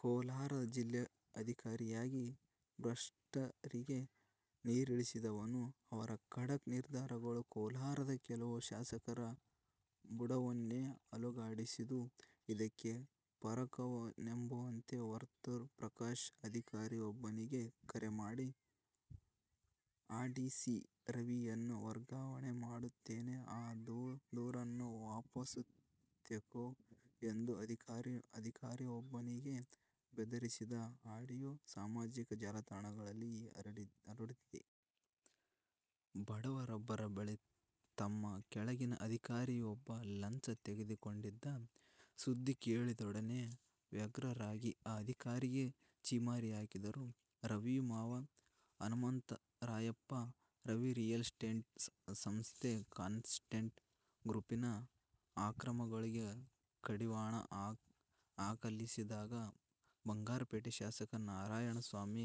ಕೋಲಾರದ ಜಿಲ್ಲಾಧಿಕಾರಿಯಾಗಿ ಭ್ರಷ್ಟರಿಗೆ ನೀರಿಳಿಸಿದ್ದರು. ಅವರ ಖಡಕ್ ನಿರ್ಧಾರಗಳು ಕೋಲಾರದ ಕೆಲವು ಶಾಸಕರ ಬುಡವನ್ನೇ ಅಲುಗಾಡಿಸಿದ್ದವು. ಇದಕ್ಕೆ ಪೂರಕವೆಂಬಂತೆ ವರ್ತೂರ್ ಪ್ರಕಾಶ್ ಅಧಿಕಾರಿಯೊಬ್ಬನಿಗೆ ಕರೆ ಮಾಡಿ "ಆ ಡಿ ಸಿ ರವಿಯನ್ನು ವರ್ಗಾವಣೆ ಮಾಡುತ್ತೇನೆ ಆ ದೂರನ್ನು ವಾಪಸು ತೆಗೋ" ಎಂದು ಅಧಿಕಾರಿಯೊಬ್ಬನಿಗೆ ಬೆದರಿಸಿದ ಅಡಿಯೋ ಸಾಮಾಜಿಕ ಜಾಲ ತಾಣಗಳಲ್ಲಿ ಈಗ ಹರಿದಾಡುತ್ತಿದೆ. ಬಡವರೊಬ್ಬರ ಬಳಿ ತಮ್ಮ ಕೆಳಗಿನ ಅಧಿಕಾರಿಯೊಬ್ಬ ಲಂಚ ತೆಗೆದುಕೊಂಡಿದ್ದ ಸುದ್ದಿ ಕೇಳಿದೊಡನೆ ವ್ಯಗ್ರರಾಗಿ ಆ ಅಧಿಕಾರಿಗೆ ಛೀಮಾರಿ ಹಾಕಿದ್ದರು. ರವಿಯ ಮಾವ ಹನುಮಂತರಾಯಪ್ಪ, "ರವಿ ರಿಯಲ್ ಎಸ್ಟೇಟ್ ಸಂಸ್ಥೆ ಕಾನ್ಫಿಡೆಂಟ್ ಗ್ರೂಪಿನ ಅಕ್ರಮಗಳಿಗೆ ಕಡಿವಾಣ ಹಾಕಲೆತ್ನಿಸಿದಾಗ ಬಂಗಾರಪೇಟೆ ಶಾಸಕ ನಾರಾಯಣಸ್ವಾಮಿ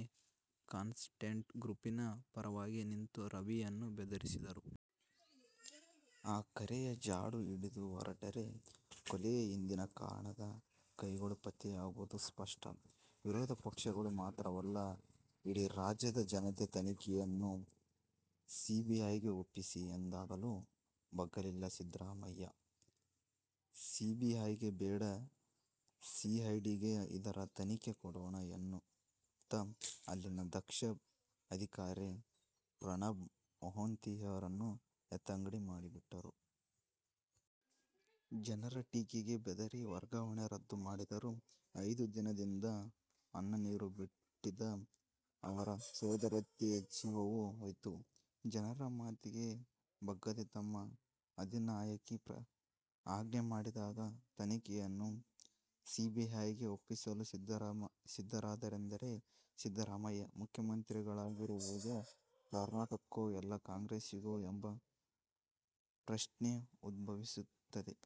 ಕಾನ್ಫಿಡೆಂಟ್ ಗ್ರೂಪಿನ ಪರವಾಗಿ ನಿಂತು ರವಿಯನ್ನು ಬೆದರಿಸಿದ್ದರು. ಆ ಕರೆಯ ಜಾಡು ಹಿಡಿದು ಹೊರಟರೆ ಕೊಲೆಯ ಹಿಂದಿನ ಕಾಣದ "ಕೈ"ಗಳು ಪತ್ತೆಯಾಗುವುದು ಸ್ಪಷ್ಟ. ವಿರೋಧ ಪಕ್ಷಗಳು ಮಾತ್ರವಲ್ಲ, ಇಡೀ ರಾಜ್ಯದ ಜನತೆ ತನಿಖೆಯನ್ನು ಸಿಬಿಐಗೆ ಒಪ್ಪಿಸಿ ಎಂದಾಗಲೂ ಬಗ್ಗಲಿಲ್ಲ ಸಿದ್ದರಾಮಯ್ಯ. ಸಿಬಿಐಗೆ ಬೇಡ ಸಿಐಡಿಗೆ ಇದರ ತನಿಖೆ ಕೊಡೋಣ ಎನ್ನುತ್ತ ಅಲ್ಲಿನ ದಕ್ಷ ಅಧಿಕಾರಿ ಪ್ರಣಬ್ ಮೋಹಾಂತಿಯವರನ್ನು ಎತ್ತಂಗಡಿ ಮಾಡಿಬಿಟ್ಟರು. ಜನರ ಟೀಕೆಗೆ ಬೆದರಿ ವರ್ಗಾವಣೆ ರದ್ದು ಮಾಡಿದರು. ಐದು ದಿನದಿಂದ ಅನ್ನನೀರು ಬಿಟ್ಟಿದ್ದ ಅವರ ಸೋದರತ್ತೆಯ ಜೀವವೂ ಹೋಯಿತು. ಜನರ ಮಾತಿಗೆ ಬಗ್ಗದೆ ತಮ್ಮ ಅಧಿನಾಯಕಿ ಆಜ್ಞೆ ಮಾಡಿದಾಗ ತನಿಖೆಯನ್ನು ಸಿಬಿಐಗೆ ಒಪ್ಪಿಸಲು ಸಿದ್ಧರಾದರೆಂದರೆ ಸಿದ್ದರಾಮಯ್ಯ ಮುಖ್ಯಮಂತ್ರಿಗಳಾಗಿರುವುದು ಕರ್ನಾಟಕಕ್ಕೋ ಅಲ್ಲಾ ಕಾಂಗ್ರೆಸಿಗೋ ಎಂಬ ಪ್ರಶ್ನೆ ಉದ್ಭವಿಸುತ್ತದೆ.